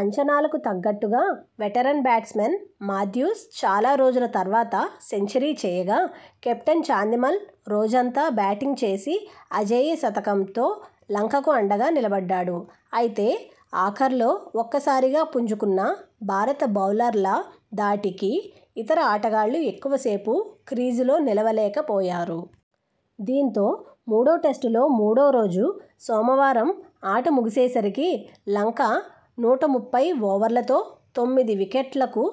అంచనాలకు తగ్గట్టుగా veteran batsman Mathews చాలా రోజుల తర్వాత సెంచరీ చేయగా కెప్టెన్ చాందిమల్ రోజంతా బ్యాటింగ్ చేసి అజేయ శతకంతో లంకకు అండగా నిలబడ్డాడు. అయితే ఆఖర్లో ఒక్క సారిగా పుంజుకున్న భారత బౌలర్ల ధాటికి ఇతర ఆటగాళ్లు ఎక్కువ సేపు క్రీజులో నిలవలేకపోయారు. దీంతో మూడో టెస్టులో మూడో రోజు సోమవారం ఆట ముగిసే సరికి లంక నూట ముప్పై ఓవర్లతో తొమ్మిది వికెట్లకు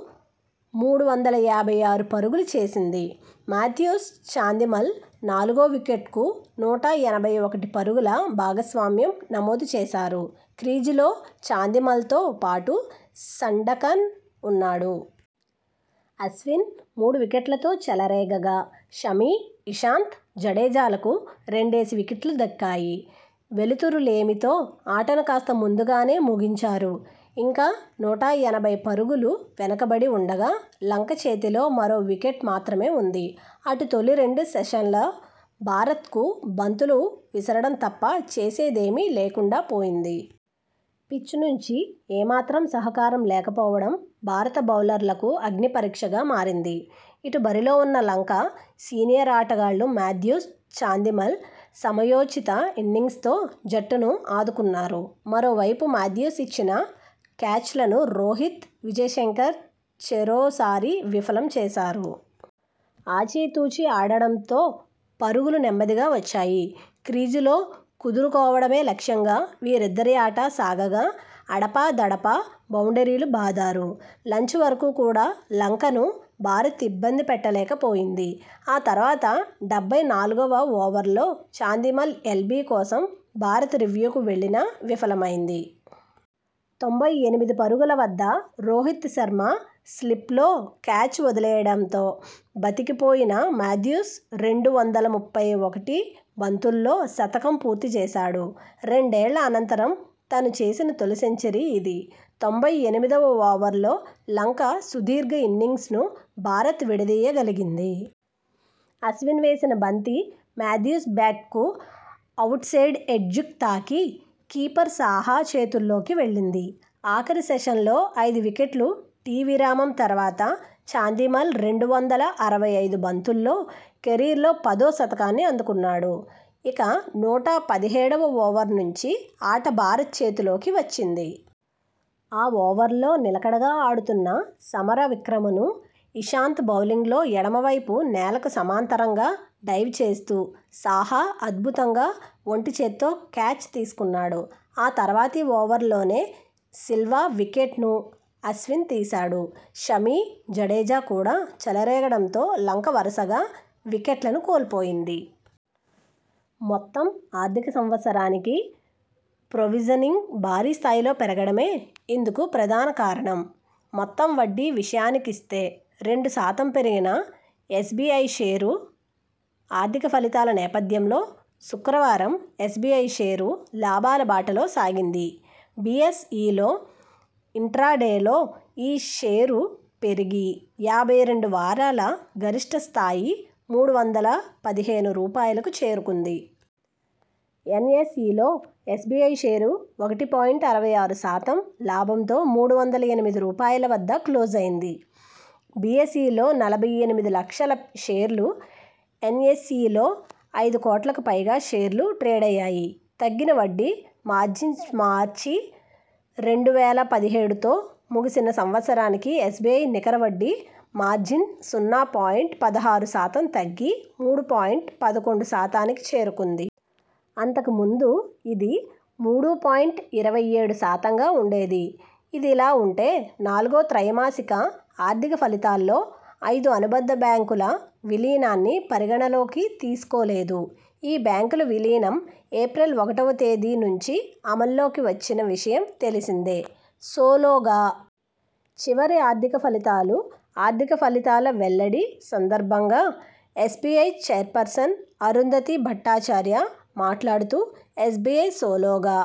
మూడు వందల యాభై ఆరు పరుగులు చేసింది. మాథ్యూస్, చాందిమల్ నాలుగో వికెట్కు నూట ఎనభై ఒకటి పరుగుల భాగస్వామ్యం నమోదు చేశారు. క్రీజులో చాందిమల్తో పాటు సండకన్ ఉన్నాడు. అశ్విన్ మూడు వికెట్లతో చెలరేగగా షమీ, ఇషాంత్, జడేజాలకు రెండేసి వికెట్లు దక్కాయి. వెలుతురు లేమితో ఆటను కాస్త ముందు గానే ముగించారు. ఇంకా నూట ఎనభై పరుగులు వెనక బడి ఉండగా లంక చేతిలో మరో వికెట్ మాత్రమే ఉంది. అటు తొలి రెండు సెషన్ల భారత్కు బంతులు విసరడం తప్ప చేసే దేమీ లేకుండా పోయింది. పిచ్ నుంచి ఏమాత్రం సహకారం లేక పోవడం భారత బౌలర్లకు అగ్నిపరీక్షగా మారింది. ఇటు బరిలో ఉన్న లంక సీనియర్ ఆటగాళ్లు మాథ్యూస్, చాందిమల్ సమయోచిత ఇన్నింగ్స్తో జట్టును ఆదుకున్నారు. మరో వైపు మాథ్యూస్ ఇచ్చిన క్యాచ్లను రోహిత్, విజయ్ శంకర్ చెరోసారి విఫలం చేశారు. ఆచి తూచి ఆడడంతో పరుగులు నెమ్మదిగా వచ్చాయి. క్రీజులో కుదురు కోవడమే లక్ష్యంగా వీరిద్దరి ఆట సాగగా అడపా దడపా బౌండరీలు బాదారు. లంచ్ వరకు కూడా లంకను భారత్ ఇబ్బంది పెట్టలేక పోయింది. ఆ తర్వాత డెబ్బై నాలుగువ ఓవర్లో చాందిమల్ ఎల్బీ కోసం భారత్ రివ్యూకు వెళ్లినా విఫలమైంది. తొంభై ఎనిమిది పరుగుల వద్ద రోహిత్ శర్మ స్లిప్లో క్యాచ్ వదిలేయడంతో బతికిపోయిన మాథ్యూస్ రెండు వందల ముప్పై ఒకటి బంతుల్లో శతకం పూర్తి చేశాడు. రెండేళ్ల అనంతరం తను చేసిన తొలి సెంచరీ ఇది. తొంభై ఎనిమిదివ ఓవర్లో లంక సుదీర్ఘ ఇన్నింగ్స్ను భారత్ విడదీయ గలిగింది. అశ్విన్ వేసిన బంతి మాథ్యూస్ బ్యాట్కు అవుట్ సైడ్ ఎడ్జ్కు తాకి కీపర్ సాహా చేతుల్లోకి వెళ్లింది. ఆఖరి సెషన్లో ఐదు వికెట్లు టీ విరామం తర్వాత చాందిమల్ రెండు వందల అరవై ఐదు బంతుల్లో కెరీర్లో పదో శతకాన్ని అందుకున్నాడు. ఇక నూట పదిహేడువ ఓవర్ నుంచి ఆట భారత్ చేతిలోకి వచ్చింది. ఆ ఓవర్లో నిలకడగా ఆడుతున్న సమర విక్రమను ఇషాంత్ బౌలింగ్ లో ఎడమ వైపు నేలకు సమాంతరంగా డైవ్ చేస్తూ సాహా అద్భుతంగా ఒంటి చేత్తో క్యాచ్ తీసుకున్నాడు. ఆ తర్వాతి ఓవర్లోనే సిల్వ వికెట్ను అశ్విన్ తీశాడు. షమీ, జడేజా కూడా చెలరేగడంతో లంక వరుసగా వికెట్లను కోల్పోయింది. మొ త్తం ఆర్థిక సంవత్సరానికి ప్రొవిజనింగ్ భారీ స్థాయిలో పెరగడమే ఇందుకు ప్రధాన కారణం. మొత్తం వడ్డీ విషయానికిస్తే రెండు శాతం పెరిగిన ఎస్బిఐ షేరు ఆర్థిక ఫలితాల నేపథ్యంలో శుక్రవారం ఎస్బిఐ షేరు లాభాల బాటలో సాగింది. బిఎస్ ఇలో ఇంట్రాడేలో ఈ షేరు పెరిగి యాభై రెండు వారాల గరిష్ఠ స్థాయి మూడు వందల పదిహేను రూపాయలకు చేరుకుంది. ఎన్ ఎస్ ఇలో ఎస్బిఐ షేరు ఒకటి పాయింట్ అరవై ఆరు శాతం లాభంతో మూడు వందల ఎనిమిది రూపాయల వద్ద క్లోజైంది. బిఎస్ ఇలో నలభై ఎనిమిది లక్షల షేర్లు, ఎనఎ్సఇలో ఐదు కోట్లకు పైగా షేర్లు ట్రేడయ్యాయి. తగ్గిన వడ్డీ మార్జిన్మార్చి రెండు వేల పదిహేడుతో ముగిసిన సంవత్సరానికి ఎస్బిఐ నికర వడ్డీ మార్జిన్ సున్నా పాయింట్ పదహారు శాతం తగ్గి మూడు పాయింట్ పదకొండు శాతానికి చేరుకుంది. అంతకు ముందు ఇది మూడు పాయింట్ ఇరవై ఏడు శాతంగా ఉండేది. ఇదిలా ఉంటే నాలుగో త్రైమాసిక ఆర్థిక ఫలితాల్లో ఐదు అనుబంధ బ్యాంకుల విలీనాన్ని పరిగణనలోకి తీసుకోలేదు. ఈ బ్యాంకుల విలీనం ఏప్రిల్ ఒకటివ తేదీ నుంచి అమల్లోకి వచ్చిన విషయం తెలిసిందే. సోలోగా చివరి ఆర్థిక ఫలితాలు ఆర్థిక ఫలితాల వెల్లడి సందర్భంగా ఎస్బిఐ చైర్పర్సన్ అరుంధతీ భట్టాచార్య మాట్లాడుతూ ఎస్బిఐ సోలోగా